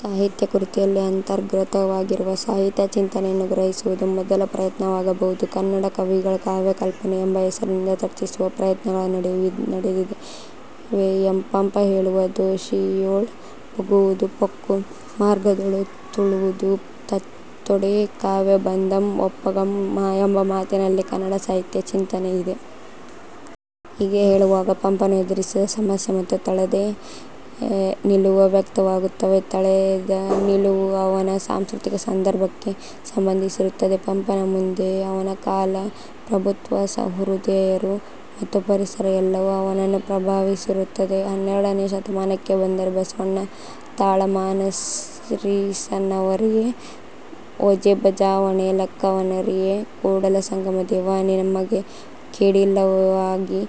ಸಾಹಿತ್ಯ ಕೃತಿಯಲ್ಲಿ ಅಂತರ್ಗತವಾಗಿರುವ ಸಾಹಿತ್ಯ ಚಿಂತನೆಯನ್ನು ಗ್ರಹಿಸುವುದು ಮೊದಲ ಪ್ರಯತ್ನವಾಗಬಹುದು. 'ಕನ್ನಡ ಕವಿಗಳ ಕಾವ್ಯ ಕಲ್ಪನೆ' ಎಂಬ ಹೆಸರಿನಿಂದ ಚರ್ಚಿಸುವ ಪ್ರಯತ್ನಗಳ ನಡೆದಿವೆ. ಪಂಪ ಹೇಳುವ 'ದೇಶಿಯೊಳ್ ಪುಗುವುದು ಪೊಕ್ಕು ಮಾರ್ಗದೊಳೆ ತಳ್ವುದು. ತತ್ತೊಡೆ ಕಾವ್ಯಬಂಧಂ ಒಪ್ಪುಗಂ' ಎಂಬ ಮಾತಿನಲ್ಲಿ ಕನ್ನಡ ಸಾಹಿತ್ಯ ಚಿಂತನೆ ಇದೆ. ಹೀಗೆ ಹೇಳುವಾಗ ಪಂಪನು ಎದುರಿಸಿದ ಸಮಸ್ಯೆ ಮತ್ತು ತಳೆದ ನಿಲುವು ವ್ಯಕ್ತವಾಗುತ್ತದೆ. ತಳೆದ ನಿಲುವು ಅವನ ಸಾಂಸ್ಕೃತಿಕ ಸಂದರ್ಭಕ್ಕೆ ಸಂಬಂಧಿಸಿರುತ್ತದೆ. ಪಂಪನ ಮುಂದೆ ಅವನ ಕಾಲ, ಪ್ರಭುತ್ವ, ಸಹೃದಯರು ಮತ್ತು ಪರಿಸರ ಎಲ್ಲವೂ ಅವನನ್ನು ಪ್ರಭಾವಿಸಿರುತ್ತದೆ. ಹನ್ನೆರಡನೇ ಶತಮಾನಕ್ಕೆ ಬಂದರೆ ಬಸವಣ್ಣ 'ತಾಳಮಾನಸರಿಸವನರಿಯೆ, ಓಜೆಬಜಾವಣೆ ಲೆಕ್ಕವನರಿಯೆ, ಕೂಡಲ ಸಂಗಮದೇವಾ, ನಿಮಗೆ ಕೇಡಿಲ್ಲವಾಗಿ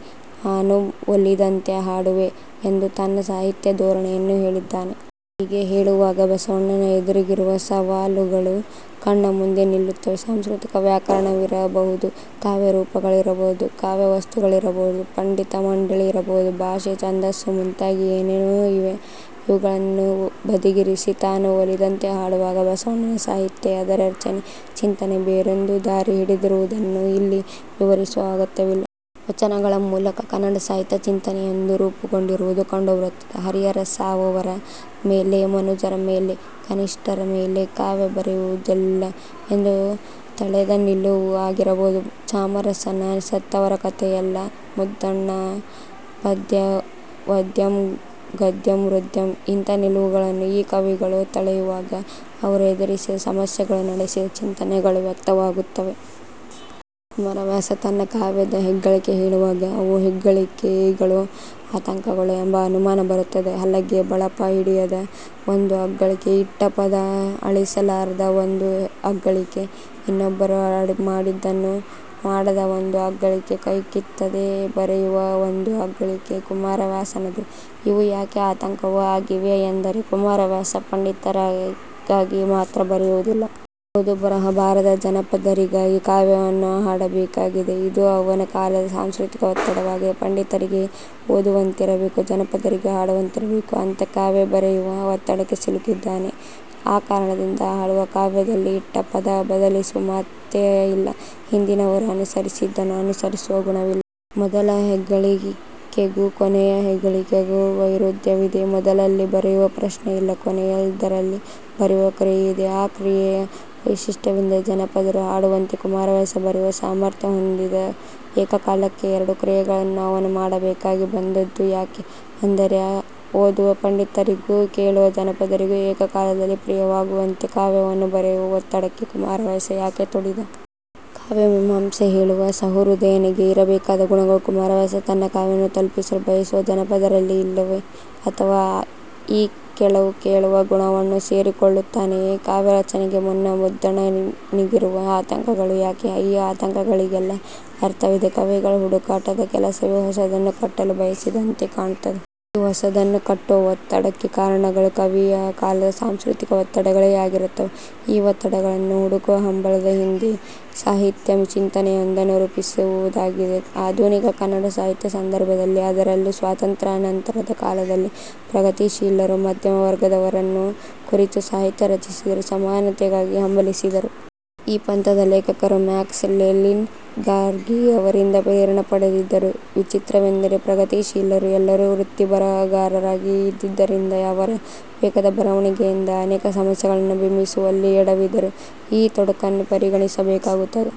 ಆನು ಒಲಿದಂತೆ ಹಾಡುವೆ' ಎಂದು ತನ್ನ ಸಾಹಿತ್ಯ ಧೋರಣೆಯನ್ನು ಹೇಳಿದ್ದಾನೆ. ಹೀಗೆ ಹೇಳುವಾಗ ಬಸವಣ್ಣನ ಎದುರಿಗಿರುವ ಸವಾಲುಗಳು ಕಣ್ಣ ಮುಂದೆ ನಿಲ್ಲುತ್ತವೆ. ಸಂಸ್ಕೃತ ವ್ಯಾಕರಣವಿರ ಬಹುದು, ಕಾವ್ಯ ರೂಪಗಳಿರಬಹುದು. ಕಾವ್ಯ ವಸ್ತುಗಳಿರಬಹುದು. ಪಂಡಿತ ಮಂಡಳಿ ಇರಬಹುದು. ಭಾಷೆ, ಛಂದಸ್ಸು ಮುಂತಾಗಿ ಏನೇನೋ ಇವೆ. ಇವುಗಳನ್ನು ಬದಿಗಿರಿಸಿ 'ತಾನು ಒಲಿದಂತೆ ಹಾಡುವಾಗ' ಬಸವಣ್ಣನ ಸಾಹಿತ್ಯ, ಅದರ ರಚನೆ, ಚಿಂತನೆ ಬೇರೊಂದು ದಾರಿ ಹಿಡಿದಿರುವುದನ್ನು ಇಲ್ಲಿ ವಿವರಿಸುವ ಅಗತ್ಯವಿಲ್ಲ. ವಚನಗಳ ಮೂಲಕ ಕನ್ನಡ ಸಾಹಿತ್ಯ ಚಿಂತನೆಯೊಂದು ರೂಪುಗೊಂಡಿರುವುದು ಕಂಡುಬರುತ್ತದೆ. ಹರಿಹರ 'ಸಾವವರ ಮೇಲೆ ಮನುಜರ ಮೇಲೆ, ಕನಿಷ್ಠರ ಮೇಲೆ' ಕಾವ್ಯ ಬರೆಯುವುದಿಲ್ಲ ಎಂದು ತಳೆದ ನಿಲುವು ಆಗಿರಬಹುದು. ಚಾಮರಸನ 'ಸತ್ತವರ ಕಥೆಯಲ್ಲ.. ' ಮುದ್ದಣನ 'ಪದ್ಯ ವದ್ಯಂ, ಗದ್ಯಂ ಹೃದ್ಯಂ. ' ಇಂಥ ನಿಲುವುಗಳನ್ನು ಈ ಕವಿಗಳು ತಳೆಯುವಾಗ ಅವರು ಎದುರಿಸಿದ ಸಮಸ್ಯೆಗಳು, ನಡೆಸಿದ ಚಿಂತನೆಗಳು ವ್ಯಕ್ತವಾಗುತ್ತವೆ. ಕುಮಾರವ್ಯಾಸ ತನ್ನ ಕಾವ್ಯದ ಹೆಗ್ಗಳಿಕೆ ಹೇಳುವಾಗ, ಅವು ಹೆಗ್ಗಳಿಕೆಗಳೋ ಆತಂಕಗಳೋ ಎಂಬ ಅನುಮಾನ ಬರುತ್ತದೆ. ಹಲಗೆ, ಬಳಪ ಹಿಡಿಯದ ಒಂದು ಅಗ್ಗಳಿಕೆ, ಇಟ್ಟ ಪದ ಅಳಿಸಲಾರದ ಒಂದು ಅಗ್ಗಳಿಕೆ, ಇನ್ನೊಬ್ಬರು ಮಾಡಿದ್ದನ್ನು ಮಾಡದ ಒಂದು ಅಗ್ಗಳಿಕೆ, ಕೈ ಕಿತ್ತದೆ ಬರೆಯುವ ಒಂದು ಅಗ್ಗಳಿಕೆ ಕುಮಾರವ್ಯಾಸನದು. ಇವು ಯಾಕೆ ಆತಂಕವೂ ಆಗಿವೆ ಎಂದರೆ, ಕುಮಾರವ್ಯಾಸ ಪಂಡಿತರಿಗಾಗಿ ಮಾತ್ರ ಬರೆಯುವುದಿಲ್ಲ. ಓದು ಬರಹ ಬಾರದ ಜನಪದರಿಗಾಗಿ ಕಾವ್ಯವನ್ನು ಹಾಡಬೇಕಾಗಿದೆ. ಇದು ಅವನ ಕಾಲದ ಸಾಂಸ್ಕೃತಿಕ ಒತ್ತಡವಾಗಿದೆ. ಪಂಡಿತರಿಗೆ ಓದುವಂತಿರಬೇಕು. ಜನಪದರಿಗೆ ಹಾಡುವಂತಿರಬೇಕು. ಅಂಥ ಕಾವ್ಯ ಬರೆಯುವ ಒತ್ತಡಕ್ಕೆ ಸಿಲುಕಿದ್ದಾನೆ. ಆ ಕಾರಣದಿಂದ ಹಾಡುವ ಕಾವ್ಯದಲ್ಲಿ ಇಟ್ಟ ಪದ ಬದಲಿಸುವ ಮಾತೇ ಇಲ್ಲ. ಹಿಂದಿನವರು ಅನುಸರಿಸಿದ್ದನ್ನು ಅನುಸರಿಸುವ ಗುಣವಿಲ್ಲ. ಮೊದಲ ಹೆಗ್ಗಳಿಕೆಗೂ ಕೊನೆಯ ಹೆಗ್ಗಳಿಕೆಗೂ ವೈರುಧ್ಯವಿದೆ. ಮೊದಲಲ್ಲಿ ಬರೆಯುವ ಪ್ರಶ್ನೆಯಿಲ್ಲ. ಕೊನೆಯದರಲ್ಲಿ ಬರೆಯುವ ಕ್ರಿಯೆ ಇದೆ. ಆ ಕ್ರಿಯೆಯ ವೈಶಿಷ್ಟ್ಯವೆಂದರೆ ಜನಪದರು ಹಾಡುವಂತೆ ಕುಮಾರವ್ಯಾಸ ಬರೆಯುವ ಸಾಮರ್ಥ್ಯ ಹೊಂದಿದ್ದ. ಏಕಕಾಲಕ್ಕೆ ಎರಡು ಕ್ರಿಯೆಗಳನ್ನು ಅವನು ಮಾಡಬೇಕಾಗಿ ಬಂದದ್ದು ಯಾಕೆ? ಅಂದರೆ ಓದುವ ಪಂಡಿತರಿಗೂ, ಕೇಳುವ ಜನಪದರಿಗೂ ಏಕಕಾಲದಲ್ಲಿ ಪ್ರಿಯವಾಗುವಂಥ ಕಾವ್ಯವನ್ನು ಬರೆಯುವ ಒತ್ತಡಕ್ಕೆ ಕುಮಾರವ್ಯಾಸ ಯಾಕೆ ತುಡಿದ? ಕಾವ್ಯ ಮೀಮಾಂಸೆ ಹೇಳುವ ಸಹೃದಯನಿಗೆ ಇರಬೇಕಾದ ಗುಣಗಳು ಕುಮಾರವ್ಯಾಸ ತನ್ನ ಕಾವ್ಯವನ್ನು ತಲುಪಿಸಲು ಬಯಸುವ ಜನಪದರಲ್ಲಿ ಇಲ್ಲವೇ? ಅಥವಾ ಈ ಕೇಳುವ ಗುಣವನ್ನು ಸೇರಿಕೊಳ್ಳು ತ್ತಾನೆಯೇ? ಕಾವ್ಯ ರಚನೆಗೆ ಮುನ್ನ ಮುದ್ದಣನಿಗಿರುವ ಆತಂಕಗಳು ಯಾಕೆ? ಈ ಆತಂಕಗಳಿಗೆಲ್ಲ ಅರ್ಥವಿದೆ. ಕವಿಗಳ ಹುಡುಕಾಟದ ಕೆಲಸವೇ ಹೊಸದನ್ನು ಕಟ್ಟಲು ಬಯಸಿದಂತೆ ಕಾಣುತ್ತದೆ. ಈ ಹೊಸದನ್ನು ಕಟ್ಟುವ ಒತ್ತಡಕ್ಕೆ ಕಾರಣಗಳು ಕವಿಯ ಕಾಲದ ಸಾಂಸ್ಕೃತಿಕ ಒತ್ತಡಗಳೇ ಆಗಿರುತ್ತವೆ. ಈ ಒತ್ತಡಗಳನ್ನು ಹುಡುಕುವ ಹಂಬಲದ ಹಿಂದೆ ಸಾಹಿತ್ಯ ಚಿಂತನೆಯೊಂದನ್ನು ರೂಪಿಸುವುದಾಗಿದೆ. ಆಧುನಿಕ ಕನ್ನಡ ಸಾಹಿತ್ಯ ಸಂದರ್ಭದಲ್ಲಿ ಅದರಲ್ಲೂ ಸ್ವಾತಂತ್ರ್ಯಾನಂತರದ ಕಾಲದಲ್ಲಿ ಪ್ರಗತಿಶೀಲರು ಮಧ್ಯಮ ವರ್ಗದವರನ್ನು ಕುರಿತು ಸಾಹಿತ್ಯ ರಚಿಸಿದರು. ಸಮಾನತೆಗಾಗಿ ಹಂಬಲಿಸಿದರು. ಈ ಪಂಥದ ಲೇಖಕರು ಮಾರ್ಕ್ಸ್, ಲೆಲಿನ್, ಗಾರ್ಗಿ ಅವರಿಂದ ಪ್ರೇರಣೆ ಪಡೆದಿದ್ದರು. ವಿಚಿತ್ರವೆಂದರೆ ಪ್ರಗತಿಶೀಲರು ಎಲ್ಲರೂ ವೃತ್ತಿ ಬರಹಗಾರರಾಗಿ ಇದ್ದಿದ್ದರಿಂದ ಅವರ ವೇಗದ ಬರವಣಿಗೆಯಿಂದ ಅನೇಕ ಸಮಸ್ಯೆಗಳನ್ನು ಬಿಂಬಿಸುವಲ್ಲಿ ಎಡವಿದರು. ಈ ತೊಡಕನ್ನು ಪರಿಗಣಿಸಬೇಕಾಗುತ್ತದೆ.